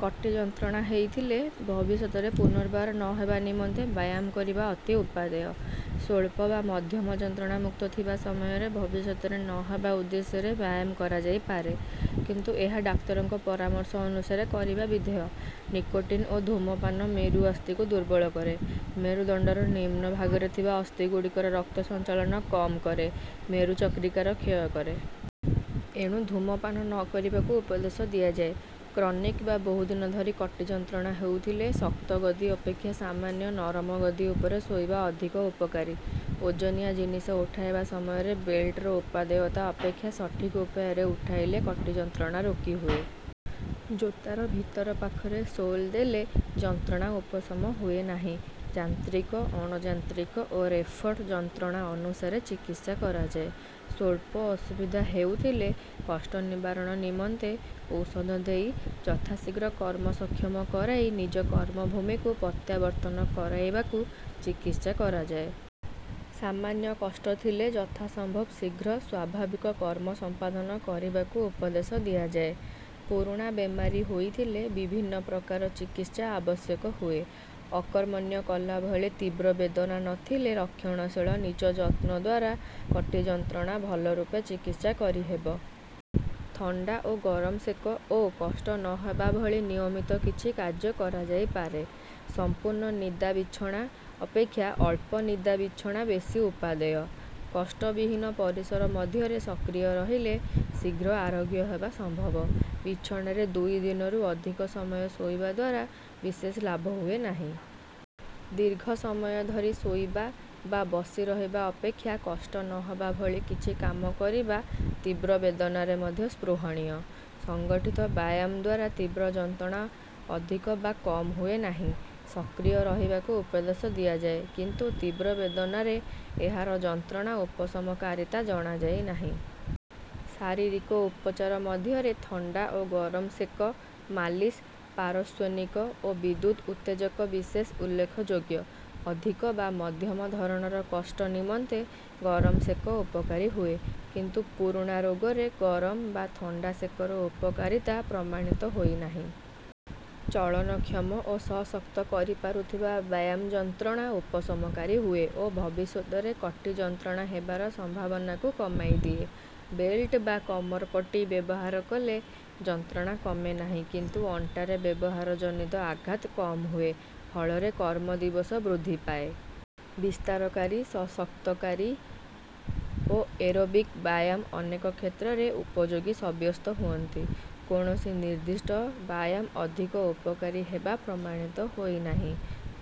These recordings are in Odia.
କଟି ଯନ୍ତ୍ରଣା ହୋଇଥିଲେ ଭବିଷ୍ୟତରେ ପୁନର୍ବାର ନ ହେବା ନିମନ୍ତେ ବ୍ୟାୟାମ କରିବା ଅତି ଉପାଦେୟ। ସ୍ୱଳ୍ପ ବା ମଧ୍ୟମ ଯନ୍ତ୍ରଣାମୁକ୍ତ ଥିବା ସମୟରେ ଭବିଷ୍ୟତରେ ନ ହେବା ଉଦ୍ଦେଶ୍ୟରେ ବ୍ୟାୟାମ କରାଯାଇ ପାରେ, କିନ୍ତୁ ଏହା ଡାକ୍ତରଙ୍କ ପରାମର୍ଶ ଅନୁସାରେ କରିବା ବିଧେୟ। ନିକୋଟିନ୍ ଓ ଧୂମପାନ ମେରୁ ଅସ୍ଥିକୁ ଦୁର୍ବଳ କରେ, ମେରୁଦଣ୍ଡର ନିମ୍ନ ଭାଗରେ ଥିବା ଅସ୍ଥିଗୁଡିକର ରକ୍ତ ସଞ୍ଚାଳନ କମ୍ କରେ, ମେରୁ ଚକ୍ରିକାର କ୍ଷୟ କରେ। ଏଣୁ ଧୂମପାନ ନ କରିବାକୁ ଉପଦେଶ ଦିଆଯାଏ। କ୍ରନିକ୍ ବା ବହୁଦିନ ଧରି କଟି ଯନ୍ତ୍ରଣା ହୋଇଥିଲେ ଶକ୍ତ ଗଦି ଅପେକ୍ଷା ସାମାନ୍ୟ ନରମ ଗଦି ଉପରେ ଶୋଇବା ଅଧିକ ଉପକାରୀ। ଓଜନିଆ ଜିନିଷ ଉଠାଇବା ସମୟରେ ବେଲ୍ଟର ଉପାଦେୟତା ଅପେକ୍ଷା ସଠିକ୍ ଉପାୟରେ ଉଠାଇଲେ କଟି ଯନ୍ତ୍ରଣା ରୋକିହୁଏ। ଜୋତାର ଭିତର ପାଖରେ ସୋଲ୍ ଦେଲେ ଯନ୍ତ୍ରଣା ଉପଶମ ହୁଏ ନାହିଁ। ଯାନ୍ତ୍ରିକ, ଅଣଯାନ୍ତ୍ରିକ ଓ ରେଫର୍ଡ ଯନ୍ତ୍ରଣା ଅନୁସାରେ ଚିକିତ୍ସା କରାଯାଏ। ସ୍ୱଳ୍ପ ଅସୁବିଧା ହେଉଥିଲେ କଷ୍ଟ ନିବାରଣ ନିମନ୍ତେ ଔଷଧ ଦେଇ ଯଥାଶୀଘ୍ର କର୍ମ ସକ୍ଷମ କରାଇ ନିଜ କର୍ମଭୂମିକୁ ପ୍ରତ୍ୟାବର୍ତ୍ତନ କରାଇବାକୁ ଚିକିତ୍ସା କରାଯାଏ। ସାମାନ୍ୟ କଷ୍ଟ ଥିଲେ ଯଥା ସମ୍ଭବ ଶୀଘ୍ର ସ୍ୱାଭାବିକ କର୍ମ ସମ୍ପାଦନ କରିବାକୁ ଉପଦେଶ ଦିଆଯାଏ। ପୁରୁଣା ବେମାରୀ ହୋଇଥିଲେ ବିଭିନ୍ନ ପ୍ରକାର ଚିକିତ୍ସା ଆବଶ୍ୟକ ହୁଏ। ଅକର୍ମଣ୍ୟ କଲା ଭଳି ତୀବ୍ର ବେଦନା ନ ଥିଲେ ରକ୍ଷଣଶୀଳ ନିଜ ଯତ୍ନ ଦ୍ୱାରା କଟି ଯନ୍ତ୍ରଣା ଭଲ ରୂପେ ଚିକିତ୍ସା କରି ହେବ। ଥଣ୍ଡା ଓ ଗରମ ସେକ ଓ କଷ୍ଟ ନ ହେବା ଭଳି ନିୟମିତ କିଛି କାର୍ଯ୍ୟ କରାଯାଇପାରେ। ସମ୍ପୂର୍ଣ୍ଣ ନିଦା ବିଛଣା ଅପେକ୍ଷା ଅଳ୍ପ ନିଦା ବିଛଣା ବେଶୀ ଉପାଦେୟ। କଷ୍ଟ ବିହୀନ ପରିସର ମଧ୍ୟରେ ସକ୍ରିୟ ରହିଲେ ଶୀଘ୍ର ଆରୋଗ୍ୟ ହେବା ସମ୍ଭବ। ବିଛଣାରେ ଦୁଇ ଦିନରୁ ଅଧିକ ସମୟ ଶୋଇବା ଦ୍ୱାରା ବିଶେଷ ଲାଭ ହୁଏ ନାହିଁ। ଦୀର୍ଘ ସମୟ ଧରି ଶୋଇବା ବା ବସି ରହିବା ଅପେକ୍ଷା କଷ୍ଟ ନ ହେବା ଭଳି କିଛି କାମ କରିବା ତୀବ୍ର ବେଦନାରେ ମଧ୍ୟ ସ୍ପୃହଣୀୟ। ସଂଗଠିତ ବ୍ୟାୟାମ ଦ୍ୱାରା ତୀବ୍ର ଯନ୍ତ୍ରଣା ଅଧିକ ବା କମ୍ ହୁଏ ନାହିଁ। ସକ୍ରିୟ ରହିବାକୁ ଉପଦେଶ ଦିଆଯାଏ କିନ୍ତୁ ତୀବ୍ର ବେଦନାରେ ଏହାର ଯନ୍ତ୍ରଣା ଉପଶମକାରୀତା ଜଣାଯାଇ ନାହିଁ। ଶାରୀରିକ ଉପଚାର ମଧ୍ୟରେ ଥଣ୍ଡା ଓ ଗରମ ସେକ, ମାଲିସ୍, ପାରସ୍ୱନିକ ଓ ବିଦ୍ୟୁତ୍ ଉତ୍ତେଜକ ବିଶେଷ ଉଲ୍ଲେଖଯୋଗ୍ୟ। ଅଧିକ ବା ମଧ୍ୟମ ଧରଣର କଷ୍ଟ ନିମନ୍ତେ ଗରମ ସେକ ଉପକାରୀ ହୁଏ, କିନ୍ତୁ ପୁରୁଣା ରୋଗରେ ଗରମ ବା ଥଣ୍ଡା ସେକର ଉପକାରୀତା ପ୍ରମାଣିତ ହୋଇ ନାହିଁ। ଚଳନକ୍ଷମ ଓ ସଶକ୍ତ କରିପାରୁଥିବା ବ୍ୟାୟାମ ଯନ୍ତ୍ରଣା ଉପଶମକାରୀ ହୁଏ ଓ ଭବିଷ୍ୟତରେ କଟି ଯନ୍ତ୍ରଣା ହେବାର ସମ୍ଭାବନାକୁ କମାଇ ଦିଏ। ବେଲ୍ଟ ବା କମରପଟି ବ୍ୟବହାର କଲେ ଯନ୍ତ୍ରଣା କମେ ନାହିଁ କିନ୍ତୁ ଅଣ୍ଟାରେ ବ୍ୟବହାର ଜନିତ ଆଘାତ କମ୍ ହୁଏ, ଫଳରେ କର୍ମ ଦିବସ ବୃଦ୍ଧି ପାଏ। ବିସ୍ତାରକାରୀ, ସଶକ୍ତକାରୀ ଓ ଏରୋବିକ୍ ବ୍ୟାୟାମ ଅନେକ କ୍ଷେତ୍ରରେ ଉପଯୋଗୀ ସବ୍ୟସ୍ତ ହୁଅନ୍ତି। କୌଣସି ନିର୍ଦ୍ଦିଷ୍ଟ ବ୍ୟାୟାମ ଅଧିକ ଉପକାରୀ ହେବା ପ୍ରମାଣିତ ହୋଇ ନାହିଁ।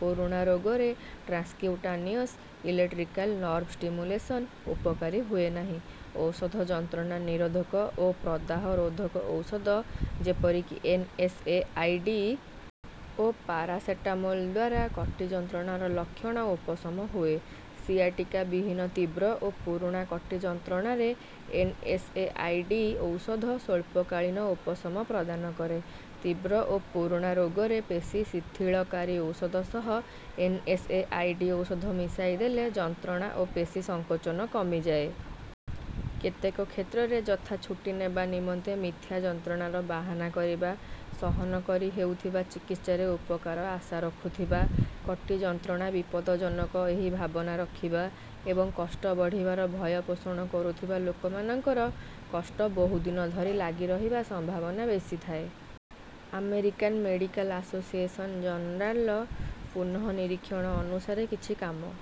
ପୁରୁଣା ରୋଗରେ ଟ୍ରାନ୍ସକ୍ୟୁଟାନିଅସ୍ ଇଲେକ୍ଟ୍ରିକାଲ୍ ନର୍ଭ ଷ୍ଟିମୁଲେସନ୍ ଉପକାରୀ ହୁଏ ନାହିଁ। ଔଷଧ ଯନ୍ତ୍ରଣା ନିରୋଧକ ଓ ପ୍ରଦାହ ରୋଧକ ଔଷଧ ଯେପରିକି ଏନ୍.ଏସ୍.ଏ.ଆଇ.ଡି. ଓ ପାରାସେଟାମୋଲ୍ ଦ୍ୱାରା କଟି ଯନ୍ତ୍ରଣାର ଲକ୍ଷଣ ଉପଶମ ହୁଏ। ସିଆଟିକା ବିହୀନ ତୀବ୍ର ଓ ପୁରୁଣା କଟି ଯନ୍ତ୍ରଣାରେ ଏନ୍.ଏସ୍.ଏ.ଆଇ.ଡି. ଔଷଧ ସ୍ୱଳ୍ପକାଳୀନ ଉପଶମ ପ୍ରଦାନ କରେ। ତୀବ୍ର ଓ ପୁରୁଣା ରୋଗରେ ପେଶୀ ଶିଥିଳକାରୀ ଔଷଧ ସହ ଏନ୍.ଏସ୍.ଏ.ଆଇ.ଡି. ଔଷଧ ମିଶାଇ ଦେଲେ ଯନ୍ତ୍ରଣା ଓ ପେଶୀ ସଙ୍କୋଚନ କମିଯାଏ। କେତେକ କ୍ଷେତ୍ରରେ ଯଥା ଛୁଟି ନେବା ନିମନ୍ତେ ମିଥ୍ୟା ଯନ୍ତ୍ରଣାର ବାହାନା କରିବା, ସହନ କରି ହେଉଥିବା ଚିକିତ୍ସାରେ ଉପକାର ଆଶା ରଖୁଥିବା, କଟି ଯନ୍ତ୍ରଣା ବିପଜ୍ଜନକ ଏହି ଭାବନା ରଖିବା, ଏବଂ କଷ୍ଟ ବଢ଼ିବାର ଭୟ ପୋଷଣ କରୁଥିବା ଲୋକମାନଙ୍କର କଷ୍ଟ ବହୁଦିନ ଧରି ଲାଗି ରହିବା ସମ୍ଭାବନା ବେଶୀ ଥାଏ। ଆମେରିକାନ୍ ମେଡିକାଲ୍ ଆସୋସିଏସନ୍ ଜର୍ନାଲ୍ ର ପୁନଃ ନିରୀକ୍ଷଣ ଅନୁସାରେ କିଛି କାମ